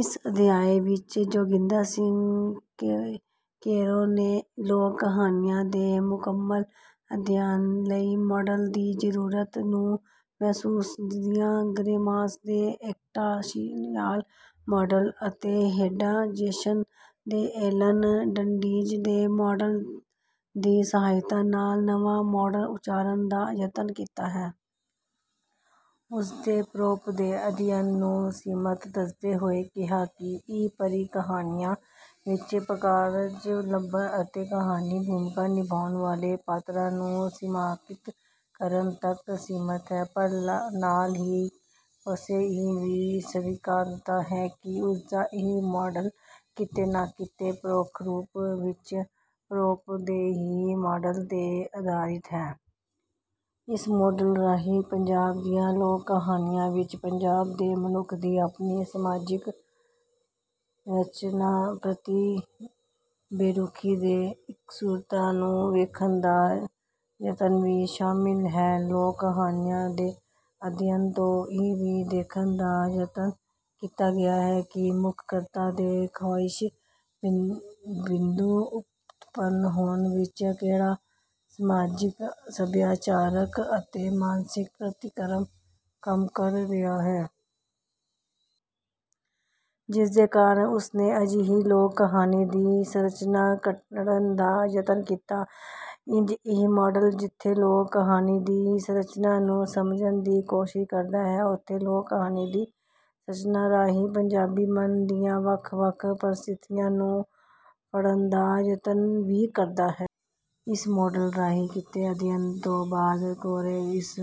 ਇਸ ਅਧਿਆਇ ਵਿੱਚ ਜੋਗਿੰਦਰ ਸਿੰਘ ਕੈਰੋਂ ਨੇ ਲੋਕ ਕਹਾਣੀਆਂ ਦੇ ਮੁਕੰਮਲ ਅਧਿਅਨ ਲਈ ਮਾਡਲ ਦੀ ਜਰੂਰਤ ਨੂੰ ਮਹਿਸੂਸਦਿਆਂ ਗ੍ਰੇਮਾਸ ਦੇ ਐਕਤਾਂਸ਼ਿਆਲ ਮਾਡਲ ਅਤੇ ਹੇਡਾ ਜੇਸਨ ਤੇ ਐਲਨ ਡੰਡੀਜ਼ ਦੇ ਮਾਡਲ ਦੀ ਸਹਾਇਤਾ ਨਾਲ ਨਵਾਂ ਮਾਡਲ ਉਸਾਰਨ ਦਾ ਯਤਨ ਕੀਤਾ ਹੈ। ਉਸਨੇ ਪਰੋਪ ਦੇ ਅਧਿਅਨ ਨੂੰ ਸੀਮਤ ਦੱਸਦੇ ਹੋਏ ਕਿਹਾ ਕਿ ਇਹ ਪਰੀ ਕਹਾਣੀਆਂ ਵਿੱਚ ਪ੍ਰਕਾਰਜ ਲੱਭਣ ਅਤੇ ਕਹਾਣੀ ਭੂਮਿਕਾ ਨਿਭਾਉਣ ਵਾਲੇ ਪਾਤਰਾਂ ਨੂੰ ਸੀਮਾਕ੍ਰਿਤ ਕਰਨ ਤਕ ਸੀਮਤ ਹੈ। ਪਰ ਨਾਲ ਹੀ ਕੈਰੋਂ ਇਹ ਵੀ ਸਵੀਕਾਰਦਾ ਹੈ ਕਿ ਉਸਦਾ ਇਹ ਮਾਡਲ ਕਿਤੇ ਨਾ ਕਿਤੇ ਪਰੋਖ ਰੂਪ ਵਿੱਚ ਪਰੋਪ ਦੇ ਹੀ ਮਾਡਲ ਤੇ ਅਧਾਰਿਤ ਹੈ। ਇਸ ਮਾਡਲ ਰਾਹੀਂ ਪੰਜਾਬ ਦੀਆਂ ਲੋਕ ਕਹਾਣੀਆਂ ਵਿੱਚ ਪੰਜਾਬ ਦੇ ਮਨੁੱਖ ਦੀ ਆਪਣੀ ਸਮਾਜਿਕ ਸਰੰਚਨਾ ਪ੍ਰਤੀ ਬੇਰੁਖੀ ਤੇ ਇਕਸੁਰਤਾ ਨੂੰ ਵੇਖਣ ਦਾ ਯਤਨ ਵੀ ਸ਼ਾਮਿਲ ਹੈ। ਲੋਕ ਕਹਾਣੀਆਂ ਦੇ ਅਧਿਅਨ ਤੋਂ ਇਹ ਵੀ ਦੇਖਣ ਦਾ ਯਤਨ ਕੀਤਾ ਗਿਆ ਹੈ ਕਿ ਮੁਖ ਕਰਤਾ ਦੇ ਖਾਹਿਸ਼ ਬਿੰਦੂ ਉਤਪੰਨ ਹੋਣ ਵਿੱਚ ਕਿਹੜਾ ਸਮਾਜਿਕ ਸਭਿਆਚਾਰਕ ਅਤੇ ਮਾਨਸਿਕ ਪ੍ਰਤੀਕਰਮ ਕੰਮ ਕਰ ਰਿਹਾ ਹੈ। ਜਿਸਦੇ ਕਾਰਨ ਉਸਨੇ ਅਜਿਹੀ ਲੋਕ ਕਹਾਣੀ ਦੀ ਸਰੰਚਨਾ ਘੜਨ ਦਾ ਯਤਨ ਕੀਤਾ। ਇੰਝ ਇਹ ਮਾਡਲ ਜਿੱਥੇ ਲੋਕ ਕਹਾਣੀ ਦੀ ਸਰੰਚਨਾ ਨੂੰ ਸਮਝਣ ਦੀ ਕੋਸ਼ਿਸ਼ ਕਰਦਾ ਹੈ ਉੱਥੇ ਲੋਕ ਕਹਾਣੀ ਦੀ ਸਰੰਚਨਾ ਰਾਹੀਂ ਪੰਜਾਬੀ ਮਨ ਦੀਆਂ ਵੱਖ ਵੱਖ ਪਰਿਸਥਿਤੀਆਂ ਨੂੰ ਫੜਨ ਦਾ ਯਤਨ ਵੀ ਕਰਦਾ ਹੈ। ਇਸ ਮਾਡਲ ਰਾਹੀਂ ਕੀਤੇ ਅਧਿਅਨ ਤੋਂ ਬਾਅਦ ਕੈਰੋਂ ਇਸ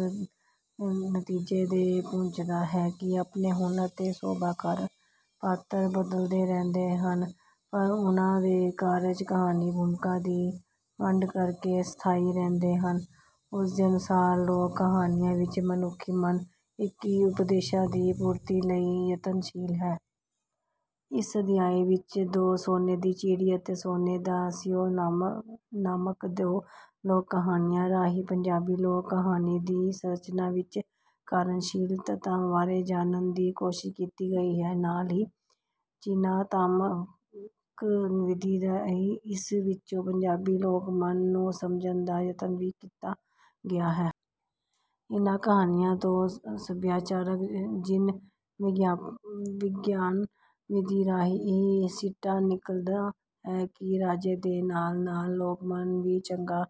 ਨਤੀਜੇ ਤੇ ਪੁੱਜਦਾ ਹੈ ਕਿ ਆਪਣੇ ਗੁਣ ਅਤੇ ਸੁਭਾ ਕਾਰਨ ਪਾਤਰ ਬਦਲਦੇ ਰਹਿੰਦੇ ਹਨ ਪਰ ਉਹਨਾਂ ਦੇ ਕਾਰਜ ਕਹਾਣੀ ਭੂਮਿਕਾ ਦੀ ਵੰਡ ਕਰਕੇ ਸਥਾਈ ਰਹਿੰਦੇ ਹਨ ਉਸਦੇ ਅਨੁਸਾਰ ਲੋਕ ਕਹਾਣੀਆਂ ਵਿੱਚ ਮਨੁਖੀ ਮਨ ਇੱਕੀ ਉਦੇਸ਼ਾਂ ਦੀ ਪੂਰਤੀ ਲਈ ਯਤਨਸ਼ੀਲ ਹੈ। ਇਸ ਅਧਿਆਇ ਵਿੱਚ ਦੋ ਸੋਨੇ ਦੀ ਚਿੜੀ ਅਤੇ ਸੋਨੇ ਦਾ ਸਿਓ ਨਾਮਕ ਦੋ ਲੋਕ ਕਹਾਣੀਆਂ ਰਾਹੀਂ ਪੰਜਾਬੀ ਲੋਕ ਕਹਾਣੀ ਦੀ ਸਰੰਚਨਾ ਵਿੱਚ ਕਾਰਜਸ਼ੀਲ ਤੱਤਾਂ ਬਾਰੇ ਜਾਣਨ ਦੀ ਕੋਸ਼ਿਸ਼ ਕੀਤੀ ਗਈ ਹੈ। ਨਾਲ ਹੀ ਚਿਨ੍ਹਾਤਮਕ ਵਿਧੀ ਰਾਹੀਂ ਇਸ ਵਿੱਚੋਂ ਪੰਜਾਬੀ ਲੋਕ ਮਨ ਨੂੰ ਸਮਝਣ ਦਾ ਯਤਨ ਵੀ ਕੀਤਾ ਗਿਆ ਹੈ। ਇਨ੍ਹਾਂ ਕਹਾਣੀਆਂ ਤੋਂ ਸਭਿਆਚਾਰਕ ਚਿਨ੍ਹ ਵਿਗਿਆਨਕ ਵਿਧੀ ਰਾਹੀਂ ਇਹ ਸਿੱਟਾ ਨਿਕਲਦਾ ਹੈ ਕਿ ਰਾਜੇ ਦੇ ਨਾਲ ਨਾਲ ਲੋਕ ਮਨ ਵੀ ਚੰਗਾ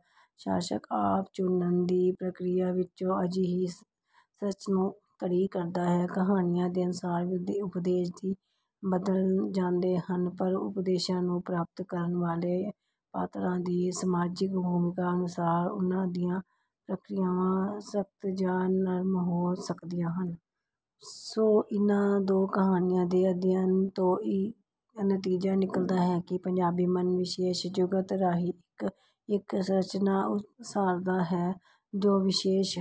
ਸ਼ਾਸਕ ਆਪ ਚੁਣਨ ਦੀ ਪ੍ਰਕਿਰਿਆ ਵਿੱਚੋਂ ਅਜਿਹੀ ਸਰੰਚਨਾ ਖੜੀ ਕਰਦਾ ਹੈ। ਕਹਾਣੀਆਂ ਦੇ ਅਨੁਸਾਰ ਉਦੇਸ਼ ਵੀ ਬਦਲ ਜਾਂਦੇ ਹਨ ਪਰ ਉਦੇਸ਼ਾਂ ਨੂੰ ਪ੍ਰਾਪਤ ਕਰਨ ਵਾਲੇ ਪਾਤਰਾਂ ਦੀ ਸਮਾਜਿਕ ਭੂਮਿਕਾ ਅਨੁਸਾਰ ਉਨ੍ਹਾਂ ਦੀਆਂ ਪ੍ਰੀਖਿਆਵਾਂ ਸਖਤ ਜਾਂ ਨਰਮ ਹੋ ਸਕਦੀਆਂ ਹਨ। ਸੋ ਇਨ੍ਹਾਂ ਦੋ ਕਹਾਣੀਆਂ ਦੇ ਅਧਿਅਨ ਤੋਂ ਇਹ ਨਤੀਜਾ ਨਿਕਲਦਾ ਹੈ ਕਿ ਪੰਜਾਬੀ ਮਨ ਵਿਸ਼ੇਸ਼ ਜੁਗਤ ਰਾਹੀਂ ਇੱਕ ਇੱਕ ਸਰੰਚਨਾ ਉਸਾਰਦਾ ਹੈ ਜੋ ਵਿਸ਼ੇਸ਼